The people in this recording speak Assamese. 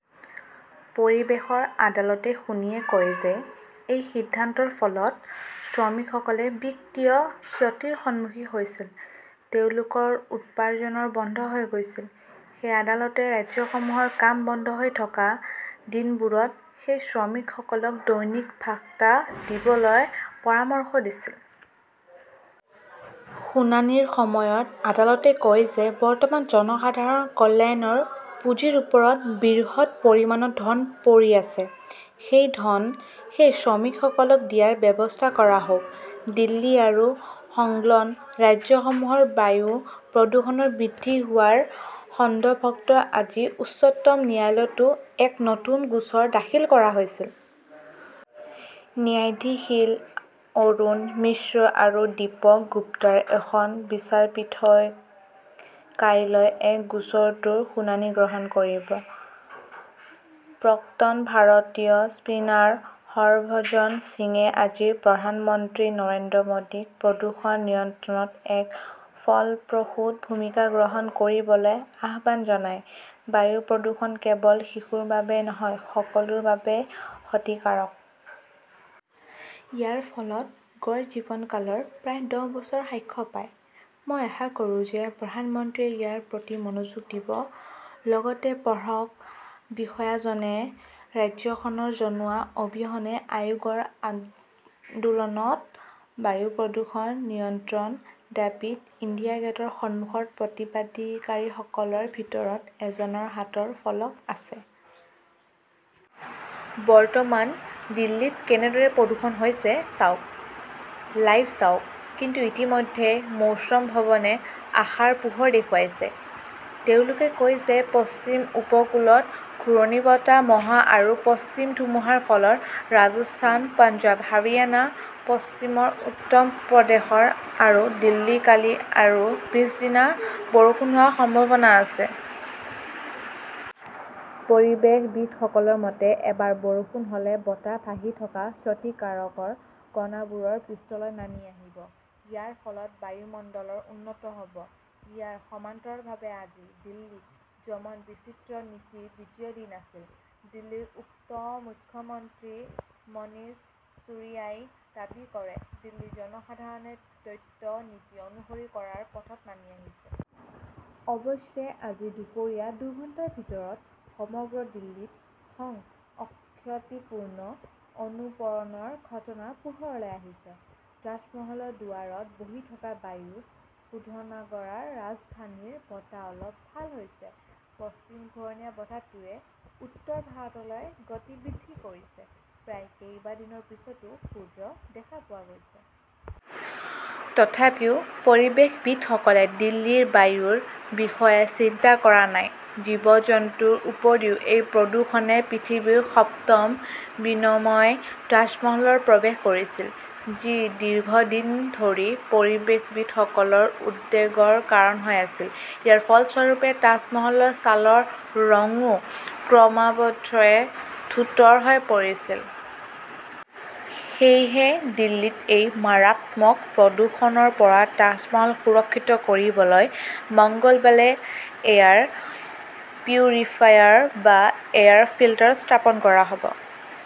পৰিৱেশ আদালতে শুনি কয় যে এই সিদ্ধান্তৰ ফলত শ্ৰমিকসকলে বিত্তীয় ক্ষতিৰ সন্মুখীন হৈছিল। তেওঁলোকৰ উপাৰ্জন বন্ধ হৈ গৈছে। সেয়েহে আদালতে ৰাজ্যসমূহক কাম বন্ধ হৈ থকা দিনবোৰত সেই শ্ৰমিকসকলক দৈনিক ভাত্তা দিবলৈ পৰামৰ্শ দিছিল। শুনানিৰ সময়ত আদালতে কয় যে বৰ্তমান জনসাধাৰণৰ কল্যাণ পুঁজিৰ ওপৰত বৃহৎ পৰিমাণৰ ধন পৰি আছে। সেই ধন সেই শ্ৰমিকসকলক দিয়াৰ ব্যৱস্থা কৰা হওক। দিল্লী আৰু সংলগ্ন ৰাজ্যসমূহৰ বায়ু প্ৰদূষণ বৃদ্ধি হোৱাৰ সন্দৰ্ভত আজি উচ্চতম ন্যায়ালয়তো এক নতুন গোচৰ দাখিল কৰা হৈছিল। ন্যায়াধীশ অৰুণ মিশ্ৰ আৰু দীপক গুপ্তাৰ এখন বিচাৰপীঠে কাইলৈ এই গোচৰটোৰ শুনানি গ্ৰহণ কৰিব। প্ৰাক্তন ভাৰতীয় স্পিনাৰ হৰভজন সিঙে আজি প্ৰধানমন্ত্ৰী নৰেন্দ্ৰ মোডীক প্ৰদূষণ নিয়ন্ত্ৰণত এক ফলপ্ৰসূ ভূমিকা গ্ৰহণ কৰিবলৈ আহ্বান জনায়। "বায়ু প্ৰদূষণ কেৱল শিশুৰ বাবেই নহয়, সকলোৰে বাবে ক্ষতিকাৰক। ইয়াৰ ফলত গড় জীৱনকাল প্ৰায় দহ বছৰ হ্ৰাস পায়। মই আশা কৰোঁ যে প্ৰধানমন্ত্ৰীয়ে ইয়াৰ প্ৰতি মনোযোগ দিব।" লগতে পঢ়কঃ বিষয়াজনে ৰাজ্যখনক জনোৱাৰ অবিহনে আয়োগৰ আন্দোলন, বায়ু প্ৰদূষণ নিয়ন্ত্ৰণৰ দাবীত ইণ্ডিয়া গেটৰ সন্মুখত প্ৰতিবাদকাৰীসকলৰ ভিতৰত এজনৰ হাতত ফলক আছে। বৰ্তমান দিল্লীত কেনেদৰে প্ৰদূষণ হৈছে চাওক, লাইভ চাওক কিন্তু ইতিমধ্যে মৌছ'ম ভৱনে আশাৰ পোহৰ দেখুৱাইছে। তেওঁলোকে কয় যে পশ্চিম উপকূলত ঘূৰ্ণীবতাহ মহা আৰু পশ্চিম ধুমুহাৰ ফলত ৰাজস্থান, পঞ্জাৱ, হাৰিয়ানা, পশ্চিম উত্তৰ প্ৰদেশ আৰু দিল্লীত কালি আৰু পিছদিনা বৰষুণ হোৱাৰ সম্ভাৱনা আছে। পৰিৱেশবিদসকলৰ মতে, এবাৰ বৰষুণ হ'লে বতাহত ভাহি থকা ক্ষতিকাৰক কণাবোৰ পৃষ্ঠলৈ নামি আহিব। ইয়াৰ ফলত বায়ুৰ মানদণ্ড উন্নত হ'ব। ইয়াৰ সমান্তৰালভাৱে আজি দিল্লীত যমজ-বিচিত্ৰ নীতিৰ দ্বিতীয় দিন আছিল। দিল্লীৰ উপ মুখ্যমন্ত্ৰী মনীষ চিচুডিয়াই দাবী কৰে, "দিল্লীৰ জনসাধাৰণে দ্বৈত নীতি অনুসৰণ কৰি পথত নামি আহিছে। "অৱশ্যে আজি দুপৰীয়া দুঘণ্টাৰ ভিতৰত সমগ্ৰ দিল্লীত সম-অসঙ্গতিপূৰ্ণ অনুপাৰণৰ ঘটনা পোহৰলৈ আহিছে। তাজমহলৰ দুৱাৰত বহি থকা বায়ু শোধনাগাৰ ৰাজধানীৰ বতাহ অলপ ভাল হৈছে। পশ্চিম ঘূৰ্ণীবতাহটোৱে উত্তৰ ভাৰতলৈ গতি বৃদ্ধি কৰিছে। প্ৰায় কেইবা দিনৰ পিছত সূৰ্য দেখা পোৱা গৈছিল। তথাপিও পৰিৱেশবিদসকলে দিল্লীৰ বায়ুৰ বিষয়ে চিন্তা কৰা নাই। জীৱ-জন্তুৰ উপৰিও, এই প্ৰদূষণে পৃথিৱীৰ সপ্তম বিনময় তাজমহলত প্ৰৱেশ কৰিছে, যি দীৰ্ঘদিন ধৰি পৰিৱেশবিদসকলৰ উদ্বেগৰ কাৰণ হৈ আহিছে। ইয়াৰ ফলস্বৰূপে তাজমহলৰ ছালৰ ৰংও ক্ৰমাহধয়ে ধূটৰ হৈ পৰিছে। সেয়েহে দিল্লীত এই মাৰাত্মক প্ৰদূষণৰ পৰা তাজমহল সুৰক্ষিত কৰিবলৈ মঙলবালে এয়াৰ পিউৰিফায়াৰ বা এয়াৰ ফিল্টাৰ স্থাপন কৰা হ'ব।